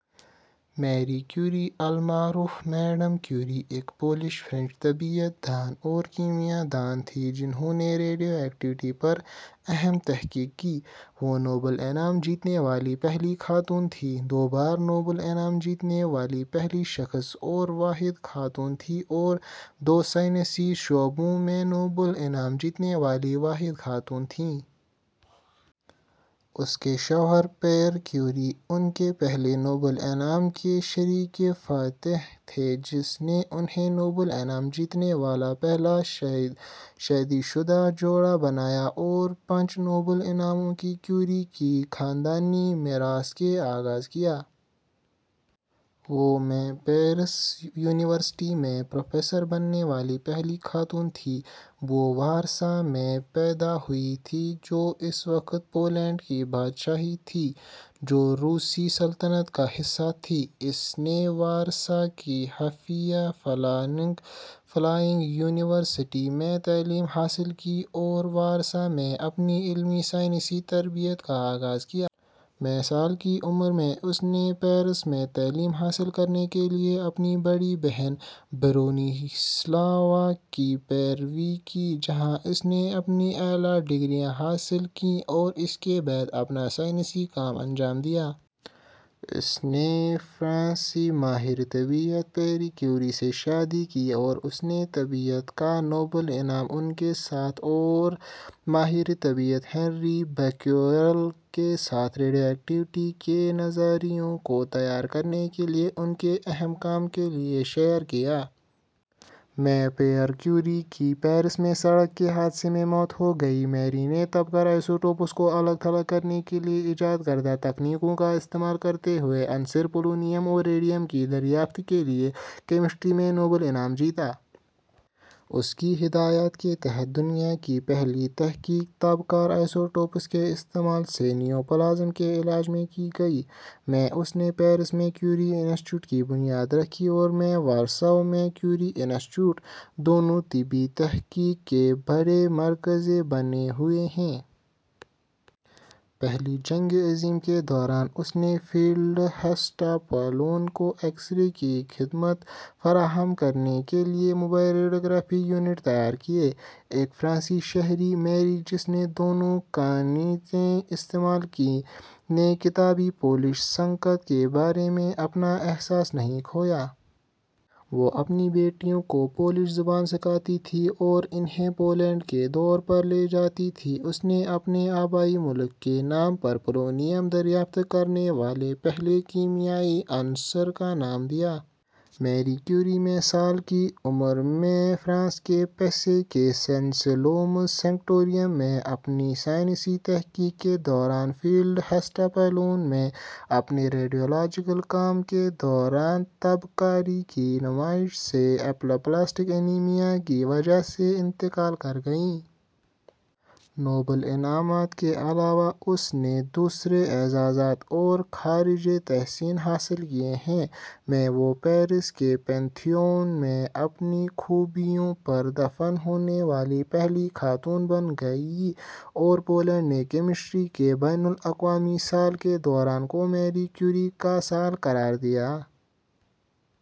میری کیوری المعروف Madame Curie ایک پولش-فرانسیسی طبیعیات دان اور کیمیا دان تھیں جنھوں نے ریڈیو ایکٹیویٹی پر اہم تحقیق کی۔ وہ نوبل انعام جیتنے والی پہلی خاتون تھیں، دو بار نوبل انعام جیتنے والی پہلی شخص اور واحد خاتون تھیں اور دو سائنسی شعبوں میں نوبل انعام جیتنے والی واحد خاتون تھیں۔ اس کے شوہر، پیئر کیوری، ان کے پہلے نوبل انعام کے شریک فاتح تھے، جس نے انھیں نوبل انعام جیتنے والا پہلا شادی شدہ جوڑا بنایا اور پانچ نوبل انعامات کی کیوری کی خاندانی میراث کا آغاز کیا۔ وہ ء میں پیرس یونیورسٹی میں پروفیسر بننے والی پہلی خاتون تھیں۔ وہ وارسا میں پیدا ہوئی تھی، جو اس وقت پولینڈ کی بادشاہی تھی، جو روسی سلطنت کا حصہ تھی۔ اس نے وارسا کی خفیہ فلائنگ یونیورسٹی میں تعلیم حاصل کی اور وارسا میں اپنی عملی سائنسی تربیت کا آغاز کیا۔ ء میں، سال کی عمر میں، اس نے پیرس میں تعلیم حاصل کرنے کے لیے اپنی بڑی بہن برونیسلاوا کی پیروی کی، جہاں اس نے اپنی اعلیٰ ڈگریاں حاصل کیں اور اس کے بعد اپنا سائنسی کام انجام دیا۔ ء میں اس نے فرانسیسی ماہر طبیعیات پیئر کیوری سے شادی کی اور اس نے طبیعیات کا ء کا نوبل انعام ان کے ساتھ اور ماہر طبیعیات ہنری بیکریل کے ساتھ "ریڈیو ایکٹیویٹی" کے نظریہ کو تیار کرنے کے لیے ان کے اہم کام کے لیے شیئر کیا۔ ء میں پیر کیوری کی پیرس میں سڑک کے حادثے میں موت ہو گئی۔ میری نے تابکار آسوٹوپس کو الگ تھلگ کرنے کے لیے ایجاد کردہ تکنیکوں کا استعمال کرتے ہوئے عناصر پولونیم اور ریڈیم کی دریافت کے لیے کیمسٹری میں ء کا نوبل انعام جیتا۔ اس کی ہدایت کے تحت، دنیا کی پہلی تحقیق تابکار آسوٹوپس کے استعمال سے نوپلاسم کے علاج میں کی گئی۔ ء میں اس نے پیرس میں کیوری انسٹی ٹیوٹ کی بنیاد رکھی اور ء میں وارسا میں کیوری انسٹی ٹیوٹ؛ دونوں طبی تحقیق کے بڑے مراکز بنے ہوئے ہیں۔ پہلی جنگ عظیم کے دوران اس نے فیلڈ ہسپتالوں کو ایکس رے کی خدمات فراہم کرنے کے لیے موبائل ریڈیوگرافی یونٹ تیار کیے۔ ایک فرانسیسی شہری، میری جس نے دونوں کنیتیں استعمال کیں، نے کبھی پولش شناخت کے بارے میں اپنا احساس نہیں کھویا۔ وہ اپنی بیٹیوں کو پولش زبان سکھاتی تھی اور انھیں پولینڈ کے دورے پر لے جاتی تھی۔ اس نے اپنے آبائی ملک کے نام پر پولونیم دریافت کرنے والے پہلے کیمیائی عنصر کا نام دیا۔ میری کیوری ء میں، سال کی عمر میں، فرانس کے پاسسی کے سان سیلیموز سینیٹوریم میں، اپنی سائنسی تحقیق کے دوران فیلڈ ہسپتالوں میں اپنے ریڈیولاجیکل کام کے دوران تابکاری کی نمائش سے اپلاسٹک انیمیا کی وجہ سے انتقال کر گئیں۔ نوبل انعامات کے علاوہ، اس نے بہت سے دوسرے اعزازات اور خراج تحسین حاصل کیے ہیں۔ ء میں وہ پیرس کے پینتھیون میں اپنی خوبیوں پر دفن ہونے والی پہلی خاتون بن گئیں اور پولینڈ نے کیمسٹری کے بین الاقوامی سال کے دوران ء کو میری کیوری کا سال قرار دیا۔